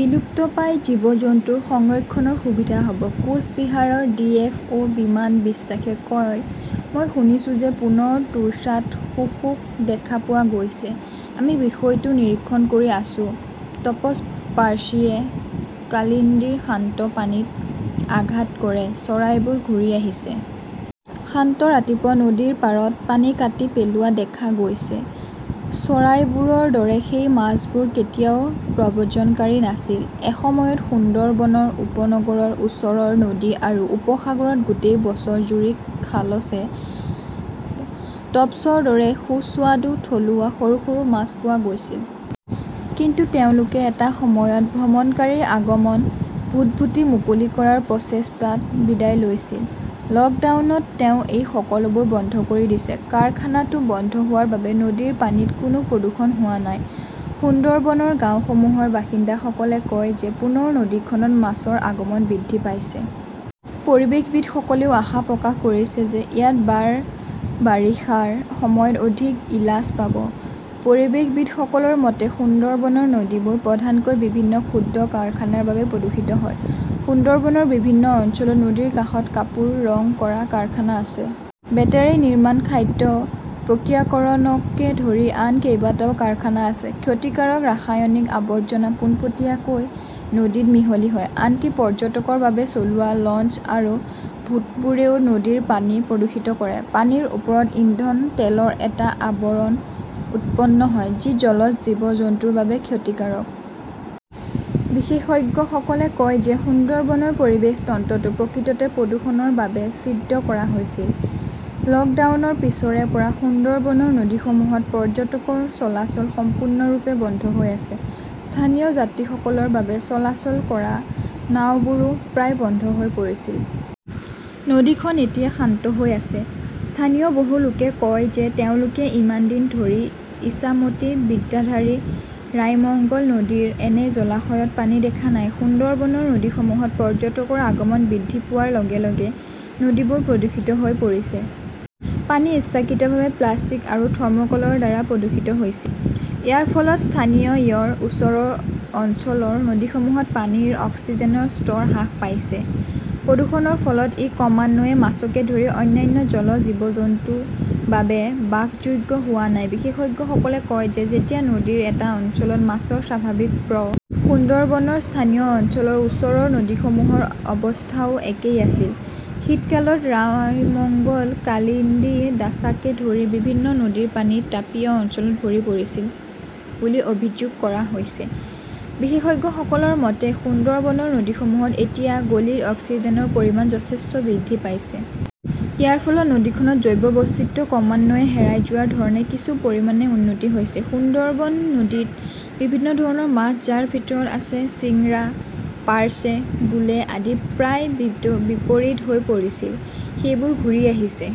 বিলুপ্তপ্ৰায় জীৱ-জন্তুৰ সংৰক্ষণৰ সুবিধা হব। কোচ বিহাৰৰ ডি. এফ. অ '. বিমান বিশ্বাসে কয়, মই শুনিছোঁ যে পুনৰ টোৰ্চাত শুশুক দেখা পোৱা গৈছে। আমি বিষয়টো নিৰীক্ষণ কৰি আছো। টপস-পাৰ্চিয়ে কালিন্দিৰ শান্ত পানীত আঘাত কৰে চৰাইবোৰ ঘূৰি আহিছে। শান্ত ৰাতিপুৱা নদীৰ পাৰত পানী কাটি পেলোৱা দেখা গৈছে। চৰাইবোৰৰ দৰে সেই মাছবোৰ কেতিয়াও প্ৰব্ৰজনকাৰী নাছিল। এসময়ত সুন্দৰবনৰ উপনগৰৰ ওচৰৰ নদী আৰু উপসাগৰত গোটেই বছৰজুৰি খালছে, টপ্সৰ দৰে সুস্বাদু থলুৱা সৰু-সৰু মাছ পোৱা গৈছিল। কিন্তু তেওঁলোকে এটা সময়ত ভ্ৰমণকাৰীৰ আগমন, ভূতভুটি-মুকলি কৰাৰ প্ৰচেষ্টাত বিদায় লৈছিল। লকডাউনত তেওঁ এই সকলোবোৰ বন্ধ কৰি দিছে। কাৰখানাটো বন্ধ হোৱাৰ বাবে নদীৰ পানীত কোনো প্ৰদূষণ হোৱা নাই। সুন্দৰবনৰ গাঁওসমূহৰ বাসিন্দাসকলে কয় যে পুনৰ নদীখনত মাছৰ আগমন বৃদ্ধি পাইছে। পৰিৱেশবিদসকলেও আশা প্ৰকাশ কৰিছে যে ইয়াত বাৰ বাৰিষাৰ সময়ত অধিক ইলাছ পাব। পৰিৱেশবিদসকলৰ মতে, সুন্দৰবনৰ নদীবোৰ প্ৰধানকৈ বিভিন্ন ক্ষুদ্ৰ কাৰখানাৰ বাবে প্ৰদূষিত হয়। সুন্দৰবনৰ বিভিন্ন অঞ্চলত নদীৰ কাষত কাপোৰ ৰং কৰা কাৰখানা আছে। বেটাৰি নিৰ্মাণ, খাদ্য প্ৰক্ৰিয়াকৰণকে ধৰি আন কেইবাটাও কাৰখানা আছে। ক্ষতিকাৰক ৰাসায়নিক আৱৰ্জনা পোনপটীয়াকৈ নদীত মিহলি হয়। আনকি পৰ্যটকৰ বাবে চলোৱা লঞ্চ আৰু ভূতবোৰেও নদীৰ পানী প্ৰদূষিত কৰে। পানীৰ ওপৰত ইন্ধন তেলৰ এটা আৱৰণ উৎপন্ন হয়, যি জলজ জীৱ-জন্তুৰ বাবে ক্ষতিকাৰক। বিশেষজ্ঞসকলে কয় যে সুন্দৰবনৰ পৰিৱেশ তন্ত্ৰটো প্ৰকৃততে প্ৰদূষণৰ বাবে ছিদ্ৰ কৰা হৈছিল। লকডাউনৰ পিছৰে পৰা সুন্দৰবনৰ নদীসমূহত পৰ্যটকৰ চলাচল সম্পূৰ্ণৰূপে বন্ধ হৈ আছে। স্থানীয় যাত্ৰীসকলৰ বাবে চলাচল কৰা নাওবোৰো প্ৰায় বন্ধ হৈ পৰিছিল। নদীখন এতিয়া শান্ত হৈ আছে। স্থানীয় বহু লোকে কয় যে তেওঁলোকে ইমান দিন ধৰি ইছামতী, বিদ্যাধৰী, ৰায়মঙ্গল নদীৰ এনে জলাশয়ত পানী দেখা নাই। সুন্দৰবনৰ নদীসমূহত পৰ্যটকৰ আগমন বৃদ্ধি পোৱাৰ লগে-লগে নদীবোৰ প্ৰদূষিত হৈ পৰিছে। পানী ইচ্ছাকৃতভাৱে প্লাষ্টিক আৰু থৰ্মকলৰ দ্বাৰা প্ৰদূষিত হৈছিল। ইয়াৰ ফলত স্থানীয়য়ৰ ওচৰৰ অঞ্চলৰ নদীসমূহত পানীৰ অক্সিজেনৰ স্তৰ হ্ৰাস পাইছে। প্ৰদূষণৰ ফলত ই ক্ৰমান্বয়ে মাছকে ধৰি অন্যান্য জলজ জীৱ-জন্তুৰ বাবে বাসযোগ্য হোৱা নাই। বিশেষজ্ঞসকলে কয় যে যেতিয়া নদীৰ এটা অঞ্চলত মাছৰ স্বাভাৱিক প্ৰজনন বন্ধ হৈ যায়, তেতিয়া মাছবোৰ ক্ৰমান্বয়ে বিপৰীতমুখী হৈ পৰে। সুন্দৰবনৰ স্থানীয় অঞ্চলৰ ওচৰৰ নদীসমূহৰ অৱস্থাও একেই আছিল। শীতকালত ৰায়মঙ্গল, কালিন্দি, দাছাকে ধৰি বিভিন্ন নদীৰ পানী তাপীয় অঞ্চলত ভৰি পৰিছিল বুলি অভিযোগ কৰা হৈছে। বিশেষজ্ঞসকলৰ মতে, সুন্দৰবনৰ নদীসমূহত এতিয়া গলিত অক্সিজেনৰ পৰিমাণ যথেষ্ট বৃদ্ধি পাইছে। ইয়াৰ ফলত নদীখনত জৈৱ বৈচিত্ৰ্য ক্ৰমান্বয়ে হেৰাই যোৱাৰ ধৰণে কিছু পৰিমাণে উন্নতি হৈছে। সুন্দৰবন নদীত বিভিন্ন ধৰণৰ মাছ, যাৰ ভিতৰত আছে চিংৰা, পাৰ্চে, গুলে আদি, প্ৰায় বিপৰীত হৈ পৰিছিল। সেইবোৰ ঘূৰি আহিছে।